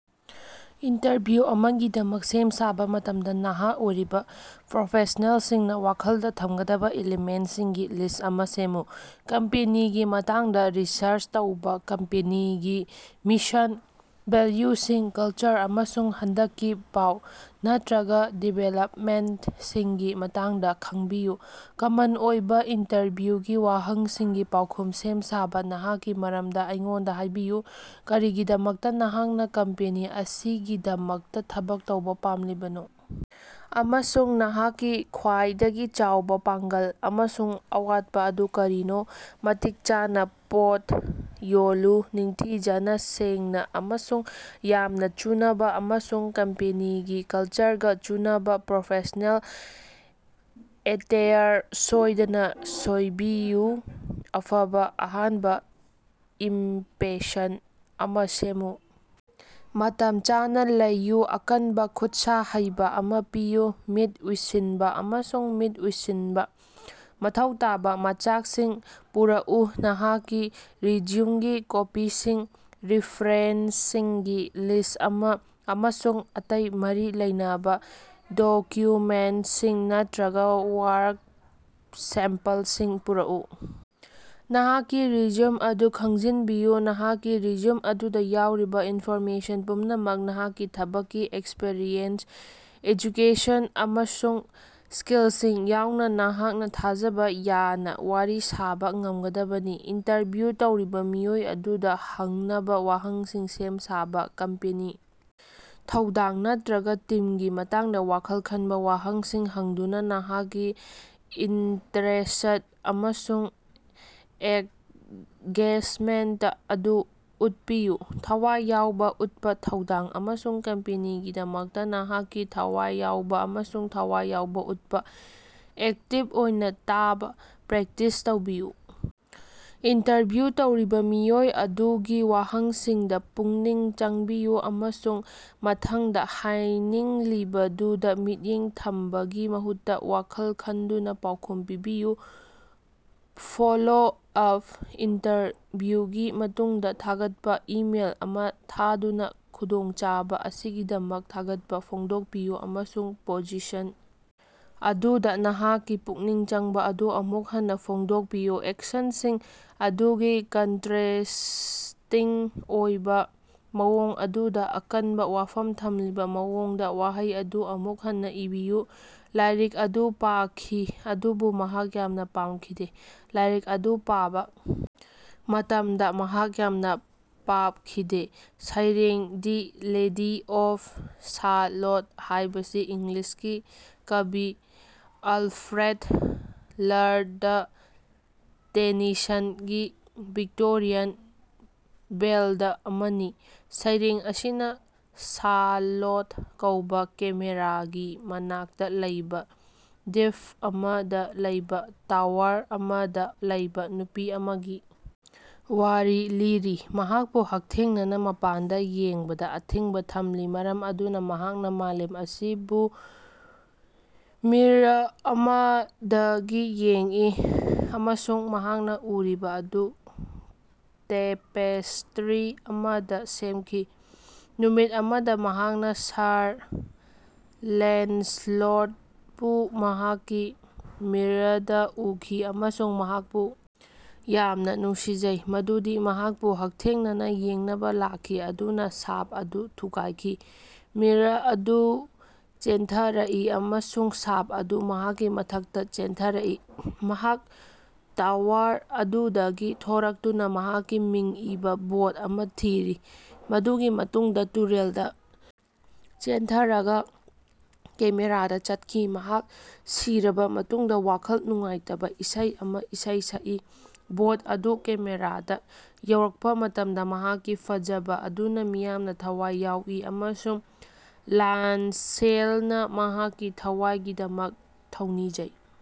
Interview ꯑꯃꯒꯤꯗꯃꯛ ꯁꯦꯝ-ꯁꯥꯕ ꯃꯇꯝꯗ ꯅꯍꯥ ꯑꯣꯏꯔꯤꯕ ꯄ꯭ꯔꯣꯐꯦꯁꯅꯦꯜꯁꯤꯡꯅ ꯋꯥꯈꯜꯗ ꯊꯝꯒꯗꯕ ꯏꯂꯤꯃꯦꯟꯇꯁꯤꯡꯒꯤ ꯂꯤꯁ꯭ꯠ ꯑꯃ ꯁꯦꯝꯃꯨ꯫ ꯀꯝꯄꯦꯅꯤꯒꯤ ꯃꯇꯥꯡꯗ ꯔꯤꯁꯔꯆ ꯇꯧꯕ - ꯀꯝꯄꯦꯅꯤꯒꯤ ꯃꯤꯁꯟ, ꯚꯦꯂ꯭ꯌꯨꯁꯤꯡ, ꯀꯜꯆꯔ, ꯑꯃꯁꯨꯡ ꯍꯟꯗꯛꯀꯤ ꯄꯥꯎ ꯅꯠꯇꯔꯒ ꯗꯤꯕꯦꯂꯞꯃꯦꯟꯇꯁꯤꯡꯒꯤ ꯃꯇꯥꯡꯗ ꯈꯡꯕꯤꯌꯨ꯫ ꯀꯃꯟ ꯑꯣꯏꯕ ꯏꯟꯇꯔꯚ꯭ꯌꯨꯒꯤ ꯋꯥꯍꯪꯁꯤꯡꯒꯤ ꯄꯥꯎꯈꯨꯝ ꯁꯦꯝ-ꯁꯥꯕ - ꯅꯍꯥꯛꯀꯤ ꯃꯔꯝꯗ ꯑꯩꯉꯣꯟꯗ ꯍꯥꯏꯕꯤꯌꯨ, ꯀꯔꯤꯒꯤꯗꯃꯛꯇ ꯅꯍꯥꯛꯅ ꯀꯝꯄꯅꯤ ꯑꯁꯤꯒꯤꯗꯃꯛꯇ ꯊꯕꯛ ꯇꯧꯕ ꯄꯥꯝꯂꯤꯕꯅꯣ?, ꯑꯃꯁꯨꯡ ꯅꯍꯥꯛꯀꯤ ꯈ꯭ꯋꯥꯏꯗꯒꯤ ꯆꯥꯎꯕ ꯄꯥꯡꯒꯜ ꯑꯃꯁꯨꯡ ꯑꯋꯥꯠꯄ ꯑꯗꯨ ꯀꯔꯤꯅꯣ? ꯃꯇꯤꯛ ꯆꯥꯅ ꯄꯣꯠ ꯌꯣꯜꯂꯨ- ꯅꯤꯡꯊꯤꯖꯅ, ꯁꯦꯡꯅ ꯑꯃꯁꯨꯡ ꯌꯥꯝꯅ ꯆꯨꯅꯕ, ꯑꯃꯁꯨꯡ ꯀꯝꯄꯦꯅꯤꯒꯤ ꯀꯜꯆꯔꯒ ꯆꯨꯅꯕ ꯄ꯭ꯔꯣꯐꯦꯁ꯭ꯅꯦꯜ ꯑꯦꯇꯦꯌꯔ ꯁꯣꯏꯗꯅ ꯁꯣꯏꯕꯤꯌꯨ꯫ ꯑꯐꯕ ꯑꯍꯥꯟꯕ ꯏꯝꯄꯦꯁꯟ ꯑꯃ ꯁꯦꯝꯃꯨ - ꯃꯇꯝ ꯆꯥꯅ ꯂꯩꯌꯨ, ꯑꯀꯟꯕ ꯈꯨꯠꯁꯥ ꯍꯩꯕ ꯑꯃ ꯄꯤꯌꯨ, ꯃꯤꯠ ꯎꯏꯁꯤꯟꯕ ꯑꯃꯁꯨꯡ ꯃꯤꯠ ꯎꯏꯁꯤꯟꯕ꯫ ꯃꯊꯧ ꯇꯥꯕ ꯃꯆꯥꯛꯁꯤꯡ ꯄꯨꯔꯛꯎ - ꯅꯍꯥꯛꯀꯤ ꯔꯤꯖ꯭ꯌꯨꯝꯒꯤ ꯀꯣꯄꯤꯁꯤꯡ, ꯔꯤꯐꯔꯦꯟꯁꯁꯤꯡꯒꯤ ꯂꯤꯁ꯭ꯠ ꯑꯃ, ꯑꯃꯁꯨꯡ ꯑꯇꯩ ꯃꯔꯤ ꯂꯩꯅꯕ ꯗꯣꯀ꯭ꯌꯨꯃꯦꯟꯇꯁꯤꯡ ꯅꯠꯇꯔꯒ ꯋꯥꯔꯛ ꯁꯦꯝꯄꯜꯁꯤꯡ ꯄꯨꯔꯛꯎ꯫ ꯅꯍꯥꯛꯀꯤ ꯔꯤꯖ꯭ꯌꯨꯝ ꯑꯗꯨ ꯈꯪꯖꯤꯟꯕꯤꯌꯨ - ꯅꯍꯥꯛꯀꯤ ꯔꯤꯖ꯭ꯌꯨꯝ ꯑꯗꯨꯗ ꯌꯥꯎꯔꯤꯕ ꯏꯟꯐꯣꯔꯃꯦꯁꯟ ꯄꯨꯝꯅꯃꯛ, ꯅꯍꯥꯛꯀꯤ ꯊꯕꯛꯀꯤ ꯑꯦꯛꯁꯄꯤꯔꯤꯑꯦꯟꯁ, ꯑꯦꯖꯨꯀꯦꯁꯟ, ꯑꯃꯁꯨꯡ ꯁ꯭ꯀꯤꯜꯁꯤꯡ ꯌꯥꯎꯅ, ꯅꯍꯥꯛꯅ ꯊꯥꯖꯕ ꯌꯥꯅ ꯋꯥꯔꯤ ꯁꯥꯕ ꯉꯝꯒꯗꯕꯅꯤ꯫ ꯏꯟꯇꯔꯚ꯭ꯌꯨ ꯇꯧꯔꯤꯕ ꯃꯤꯑꯣꯏ ꯑꯗꯨꯗ ꯍꯪꯅꯕ ꯋꯥꯍꯪꯁꯤꯡ ꯁꯦꯝ-ꯁꯥꯕꯥ - ꯀꯝꯄꯅꯤ, ꯊꯧꯗꯥꯡ ꯅꯠꯇꯔꯒ ꯇꯤꯝꯒꯤ ꯃꯇꯥꯡꯗ ꯋꯥꯈꯜ ꯈꯟꯕ ꯋꯥꯍꯪꯁꯤꯡ ꯍꯪꯗꯨꯅ ꯅꯍꯥꯛꯀꯤ ꯏꯟꯇꯔꯦꯁ꯭ꯠ ꯑꯃꯁꯨꯡ ꯑꯦꯡꯒꯦꯖꯃꯦꯟꯇ ꯑꯗꯨ ꯎꯠꯄꯤꯌꯨ꯫ ꯊꯋꯥꯏ ꯌꯥꯎꯕ ꯎꯠꯄ ꯊꯧꯗꯥꯡ ꯑꯃꯁꯨꯡ ꯀꯝꯄꯦꯅꯤꯒꯤꯗꯃꯛꯇ ꯅꯍꯥꯛꯀꯤ ꯊꯋꯥꯏ ꯌꯥꯎꯕ ꯑꯃꯁꯨꯡ ꯊꯋꯥꯏ ꯌꯥꯎꯕ‌ ꯎꯠꯄ - ꯑꯦꯛꯇꯤꯕ ꯑꯣꯏꯅ ꯇꯥꯕ ꯄ꯭ꯔꯦꯛꯇꯤꯁ ꯇꯧꯕꯤꯌꯨ - ꯏꯟꯇꯔꯚ꯭ꯌꯨ ꯇꯧꯔꯤꯕ ꯃꯤꯑꯣꯏ ꯑꯗꯨꯒꯤ ꯋꯥꯍꯪꯁꯤꯡꯗ ꯄꯨꯛꯅꯤꯡ ꯆꯪꯕꯤꯌꯨ ꯑꯃꯁꯨꯡ ꯃꯊꯪꯗ ꯍꯥꯏꯅꯤꯡꯂꯤꯕꯗꯨꯗ ꯃꯤꯠꯌꯦꯡ ꯊꯝꯕꯒꯤ ꯃꯍꯨꯠꯇ ꯋꯥꯈꯜ ꯈꯟꯗꯨꯅ ꯄꯥꯎꯈꯨꯝ ꯄꯤꯕꯤꯌꯨ꯫ ꯐꯣꯂꯣ ꯑꯞ - ꯏꯟꯇꯔꯚ꯭ꯌꯨꯒꯤ ꯃꯇꯨꯡꯗ ꯊꯥꯒꯠꯄ ꯏꯃꯦꯜ ꯑꯃ ꯊꯥꯗꯨꯅ ꯈꯨꯗꯣꯡꯆꯥꯕ ꯑꯁꯤꯒꯤꯗꯃꯛ ꯊꯥꯒꯠꯄ ꯐꯣꯡꯗꯣꯛꯄꯤꯌꯨ ꯑꯃꯁꯨꯡ ꯄꯣꯖꯤꯁꯟ ꯑꯗꯨꯗ ꯅꯍꯥꯛꯀꯤ ꯄꯨꯛꯅꯤꯡ ꯆꯪꯕ ꯑꯗꯨ ꯑꯃꯨꯛ ꯍꯟꯅ ꯐꯣꯡꯗꯣꯛꯄꯤꯌꯨ꯫ ꯑꯦꯛꯁꯟꯁꯤꯡ ꯑꯗꯨꯒꯤ ꯀꯟꯇꯔꯦꯁ꯭ꯇꯤꯡ ꯑꯣꯏꯕ ꯃꯑꯣꯡ ꯑꯗꯨꯗ ꯑꯀꯟꯕ ꯋꯥꯐꯝ ꯊꯝꯂꯤꯕ ꯃꯑꯣꯡꯗ ꯋꯥꯍꯩ ꯑꯗꯨ ꯑꯃꯨꯛ ꯍꯟꯅ ꯏꯕꯤꯌꯨ꯫ ꯂꯥꯏꯔꯤꯛ ꯑꯗꯨ ꯄꯥꯈꯤ ꯑꯗꯨꯕꯨ ꯃꯍꯥꯛ ꯌꯥꯝꯅ ꯄꯥꯝꯈꯤꯗꯦ꯫ ꯂꯥꯏꯔꯤꯛ ꯑꯗꯨ ꯄꯥꯕ ꯃꯇꯝꯗ ꯃꯍꯥꯛ ꯌꯥꯝꯅ ꯄꯥꯞꯈꯤꯗꯦ꯫ ꯁꯩꯔꯦꯡ, ꯗꯤ ꯂꯦꯗꯤ ꯑꯣꯐ ꯁꯥꯂꯣꯠ ꯍꯥꯏꯕꯁꯤ ꯏꯪꯂꯤꯁꯀꯤ ꯀꯕꯤ ꯑꯜꯐ꯭ꯔꯦꯗ, ꯂꯔꯗ ꯇꯦꯅꯤꯁꯟꯒꯤ ꯚꯤꯛꯇꯣꯔꯤꯌꯥꯟ ꯕꯦꯜꯗ ꯑꯃꯅꯤ꯫ ꯁꯩꯔꯦꯡ ꯑꯁꯤꯅ ꯁꯥꯂꯣꯠ ꯀꯧꯕ ꯀꯦꯃꯦꯔꯥꯒꯤ ꯃꯅꯥꯛꯇ ꯂꯩꯕ ꯗ꯭ꯕꯤꯞ ꯑꯃꯗ ꯂꯩꯕ ꯇꯋꯥꯔ ꯑꯃꯗ ꯂꯩꯕ ꯅꯨꯄꯤ ꯑꯃꯒꯤ ꯋꯥꯔꯤ ꯂꯤꯔꯤ꯫ ꯃꯍꯥꯛꯄꯨ ꯍꯛꯊꯦꯡꯅꯅ ꯃꯄꯥꯟꯗ ꯌꯦꯡꯕꯗ ꯑꯊꯤꯡꯕ ꯊꯝꯂꯤ, ꯃꯔꯝ ꯑꯗꯨꯅ ꯃꯍꯥꯛꯅ ꯃꯥꯂꯦꯝ ꯑꯁꯤꯕꯨ ꯃꯤꯔ꯭ꯔ ꯑꯃꯗꯒꯤ ꯌꯦꯡꯏ ꯑꯃꯁꯨꯡ ꯃꯍꯥꯛꯅ ꯎꯔꯤꯕ ꯑꯗꯨ ꯇꯦꯄꯦꯁ꯭ꯇꯔꯤ ꯑꯃꯗ ꯁꯦꯝꯈꯤ꯫ ꯅꯨꯃꯤꯠ ꯑꯃꯗ ꯃꯍꯥꯛꯅ ꯁꯔ ꯂꯦꯟꯁꯂꯣꯠꯄꯨ ꯃꯍꯥꯛꯀꯤ ꯃꯤꯔ꯭ꯔꯗ ꯎꯈꯤ ꯑꯃꯁꯨꯡ ꯃꯍꯥꯛꯄꯨ ꯌꯥꯝꯅ ꯅꯨꯡꯁꯤꯖꯩ ꯃꯗꯨꯗꯤ ꯃꯍꯥꯛꯄꯨ ꯍꯛꯊꯦꯡꯅꯅꯥ ꯌꯦꯡꯅꯕ ꯂꯥꯛꯈꯤ, ꯃꯗꯨꯅ ꯁꯥꯞ ꯑꯗꯨ ꯊꯨꯒꯥꯏꯈꯤ꯫ ꯃꯤꯔ꯭ꯔ ꯑꯗꯨ ꯆꯦꯟꯊꯔꯛꯏ ꯑꯃꯁꯨꯡ ꯁꯥꯞ ꯑꯗꯨ ꯃꯍꯥꯛꯀꯤ ꯃꯊꯛꯇ ꯆꯦꯟꯊꯔꯛꯏ꯫ ꯃꯍꯥꯛ ꯇꯋꯥꯔ ꯑꯗꯨꯗꯒꯤ ꯊꯣꯔꯛꯇꯨꯅ ꯃꯍꯥꯛꯀꯤ ꯃꯤꯡ ꯏꯕꯥ ꯕꯣꯠ ꯑꯃ ꯊꯤꯔꯤ, ꯃꯗꯨꯒꯤ ꯃꯇꯨꯡꯗ ꯇꯨꯔꯦꯜꯗ‌ ꯆꯦꯟꯊꯔꯒ ꯀꯦꯃꯦꯔꯥꯗ ꯆꯠꯈꯤ, ꯃꯍꯥꯛ ꯁꯤꯔꯕ ꯃꯇꯨꯡꯗ ꯋꯥꯈꯜ ꯅꯨꯡꯉꯥꯏꯇꯕ‌ ꯏꯁꯩ ꯑꯃꯥ ꯏꯁꯩ ꯁꯛꯏ꯫ ꯕꯣꯠ ꯑꯗꯨ ꯀꯦꯃꯦꯔꯥꯗ ꯌꯧꯔꯛꯄ ꯃꯇꯝꯗ ꯃꯍꯥꯛꯀꯤ ꯐꯖꯕ ꯑꯗꯨꯅ ꯃꯤꯌꯥꯝꯅ ꯊꯋꯥꯏ ꯌꯥꯎꯏ, ꯑꯃꯁꯨꯡ ꯂꯥꯟꯁꯦꯜꯅ ꯃꯍꯥꯛꯀꯤ ꯊꯋꯥꯏꯒꯤꯗꯃꯛ ꯊꯧꯅꯤꯖꯩ꯫